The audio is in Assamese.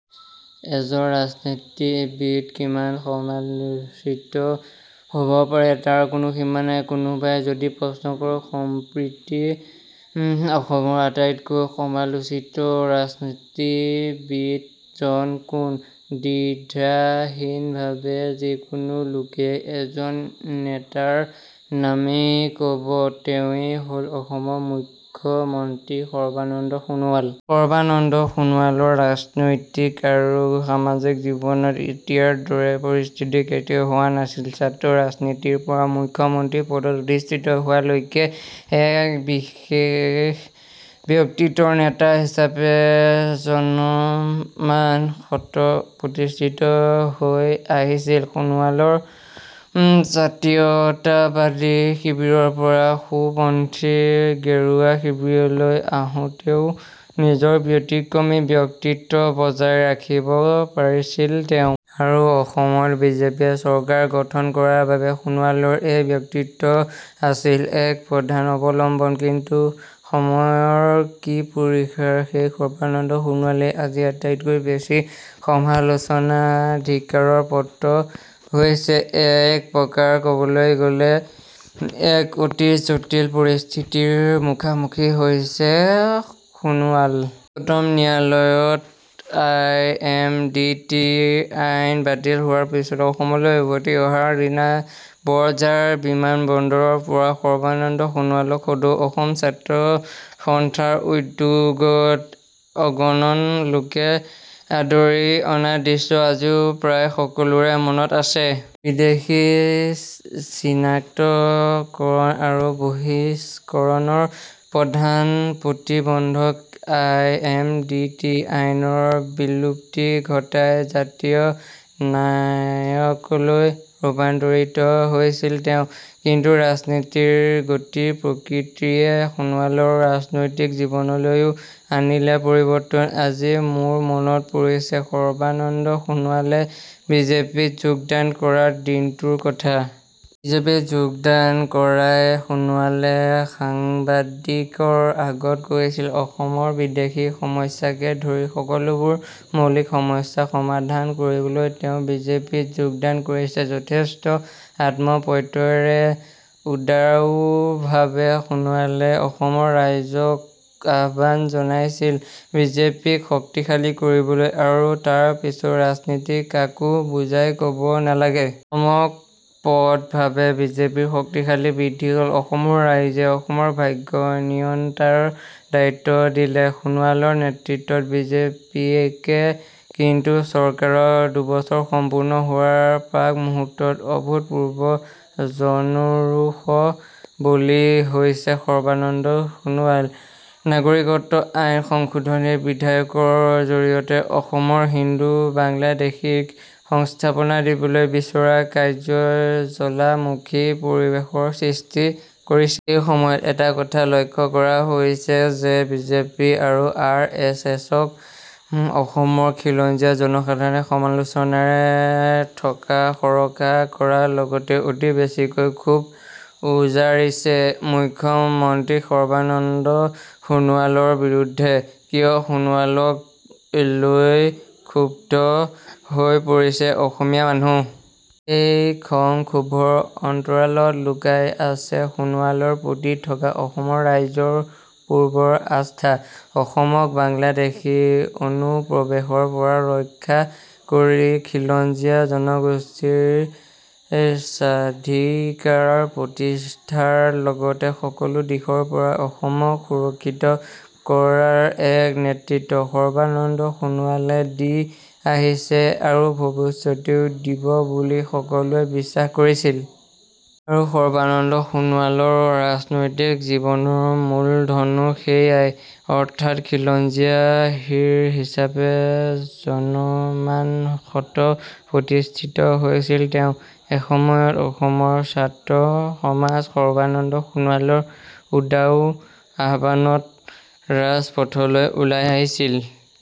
এজন ৰাজনীতিবিদ কিমান সমালোচিত হ'ব পাৰে তাৰ কোনো সীমা নাই। কোনোবাই যদি প্ৰশ্ন কৰে, সম্প্ৰতি অসমত আটাইতকৈ সমালোচিত ৰাজনীতিবিদজন কোন? দ্বিধাহীনভাৱে যিকোনো লোকেই এজন নেতাৰ নামেই ক'ব, তেৱেঁই হ'ল অসমৰ মুখ্য মন্ত্ৰী সৰ্বানন্দ সোণোৱাল। সৰ্বানন্দ সোণোৱালৰ ৰাজনৈতিক আৰু সামাজিক জীৱনত এতিয়াৰ দৰে পৰিস্থিতি কেতিয়াও হোৱা নাছিল। ছাত্ৰ ৰাজনীতিৰ পৰা মুখ্য মন্ত্ৰী পদত অধিষ্ঠিত হোৱালৈকে এক বিশেষ ব্যক্তিত্বৰ নেতা হিচাপে জনমানসত প্ৰতিষ্ঠিত হৈ আহিছিল সোণোৱাল। জাতীয়তাবাদী শিবিৰৰ পৰা সোঁপন্থী গেৰুৱা শিবিৰলৈ আহিও নিজৰ ব্যতিক্ৰমী ব্যক্তিত্ব বজাই ৰাখিব পাৰিছিল তেওঁ। আৰু অসমত বিজেপিয়ে চৰকাৰ গঠন কৰাৰ বাবে সোণোৱালৰ এই ব্যক্তিত্ব আছিল এক প্ৰধান অৱলম্বন। কিন্তু সময়ৰ কি পৰিহাস, সেই সৰ্বানন্দ সোণোৱালেই আজি আটাইতকৈ বেছি সমালোচনা, ধিক্কাৰৰ পাত্ৰ হৈছে। এক প্ৰকাৰ ক'বলৈ গ'লে এক অতি জটিল পৰিস্থিতিৰ মুখামুখি হৈছে সোণোৱাল। উচ্চতম ন্যায়ালয়ত আই এম ডি টি আইন বাতিল হোৱাৰ পিছত অসমলৈ উভতি অহাৰ দিনা বৰঝাৰ বিমান বন্দৰৰ পৰা সৰ্বানন্দ সোণোৱালক সদৌ অসম ছাত্ৰ সন্থাৰ উদ্যোগত অগণন লোকে আদৰি অনা দৃশ্য আজিও প্ৰায় সকলোৰে মনত আছে। বিদেশী চিনাক্তকৰণ আৰু বহিষ্কৰণৰ প্ৰধান প্ৰতিবন্ধক আই এম ডি টি আইনৰ বিলুপ্তি ঘটাই জাতীয় নায়কলৈ ৰূপান্তৰিত হৈছিল তেওঁ। কিন্তু ৰাজনীতিৰ গতিপ্ৰকৃতিয়ে সোণোৱালৰ ৰাজনৈতিক জীৱনলৈও আনিলে পৰিৱৰ্তন। আজি মোৰ মনত পৰিছে সৰ্বানন্দ সোণোৱালে বিজেপিত যোগদান কৰাৰ দিনটোৰ কথা। বিজেপিত যোগদান কৰিয়েই সোণোৱালে সাংবাদিকৰ আগত কৈছিল অসমৰ বিদেশী সমস্যাকে ধৰি সকলোবোৰ মৌলিক সমস্যা সমাধান কৰিবলৈ তেওঁ বিজেপিত যোগদান কৰিছে। যথেষ্ট আত্মপ্ৰত্যয়ৰে উদাত্তভাৱে সোণোৱালে অসমৰ ৰাইজক আহ্বান জনাইছিল বিজেপিক শক্তিশালী কৰিবলৈ। আৰু তাৰ পিছৰ ৰাজনীতি কাকো বুজাই ক'ব নালাগে। চমকপ্ৰদভাৱে বিজেপিৰ শক্তি বৃদ্ধি হ'ল। অসমৰ ৰাইজে অসমৰ ভাগ্য নিয়ন্তাৰ দায়িত্ব দিলে সোণোৱালৰ নেতৃত্বত বিজেপিকে। কিন্তু চৰকাৰৰ দুবছৰ সম্পূৰ্ণ হোৱাৰ প্ৰাক মুহূৰ্তত অভূতপূৰ্ব জনৰোষৰ বলি হৈছে সৰ্বানন্দ সোণোৱাল। নাগৰিকত্ব আইন সংশোধনী বিধেয়কৰ জৰিয়তে অসমত হিন্দু বাংলাদেশীক সংস্থাপন দিবলৈ বিচৰা কাৰ্যই জ্বালামুখী পৰিৱেশৰ সৃষ্টি কৰিছে। এই সময়ত এটা কথা লক্ষ্য কৰা হৈছে যে বিজেপি আৰু আৰ এছ এছক অসমৰ খিলঞ্জীয়া জনসাধাৰণে সমালোচনাৰে থকাসৰকা কৰাৰ লগতে অতি বেছিকৈ ক্ষোভ উজাৰিছে মুখ্য মন্ত্ৰী সৰ্বানন্দ সোণোৱালৰ বিৰুদ্ধে। কিয় সোণোৱালক লৈ ক্ষুব্ধ হৈ পৰিছে অসমীয়া মানুহ? এই খং-ক্ষোভৰ অন্তৰালত লুকাই আছে সোণোৱালৰ প্ৰতি থকা অসমৰ ৰাইজৰ পূৰ্বৰ আস্থা। অসমক বাংলাদেশী অনুপ্ৰৱেশৰ পৰা ৰক্ষা কৰি খিলঞ্জীয়া জনগোষ্ঠীৰ স্বাধিকাৰ প্ৰতিষ্ঠাৰ লগতে সকলো দিশৰ পৰা অসমক সুৰক্ষিত কৰাৰ এক নেতৃত্ব সৰ্বানন্দ সোণোৱালে দি আহিছে আৰু ভৱিষ্যতেও দিব বুলি সকলোৱে বিশ্বাস কৰিছিল। আৰু সৰ্বানন্দ সোণোৱালৰ ৰাজনৈতিক জীৱনৰ মূলধনো সেয়াই। অৰ্থাৎ খিলঞ্জীয়াৰ হিৰ' হিচাপে জনমানসত প্ৰতিষ্ঠিত হৈছিল তেওঁ। এসময়ত অসমৰ ছাত্ৰ সমাজ সৰ্বানন্দ সোণোৱালৰ উদাত্ত আহ্বানত ৰাজপথলৈ ওলাই আহিছিল।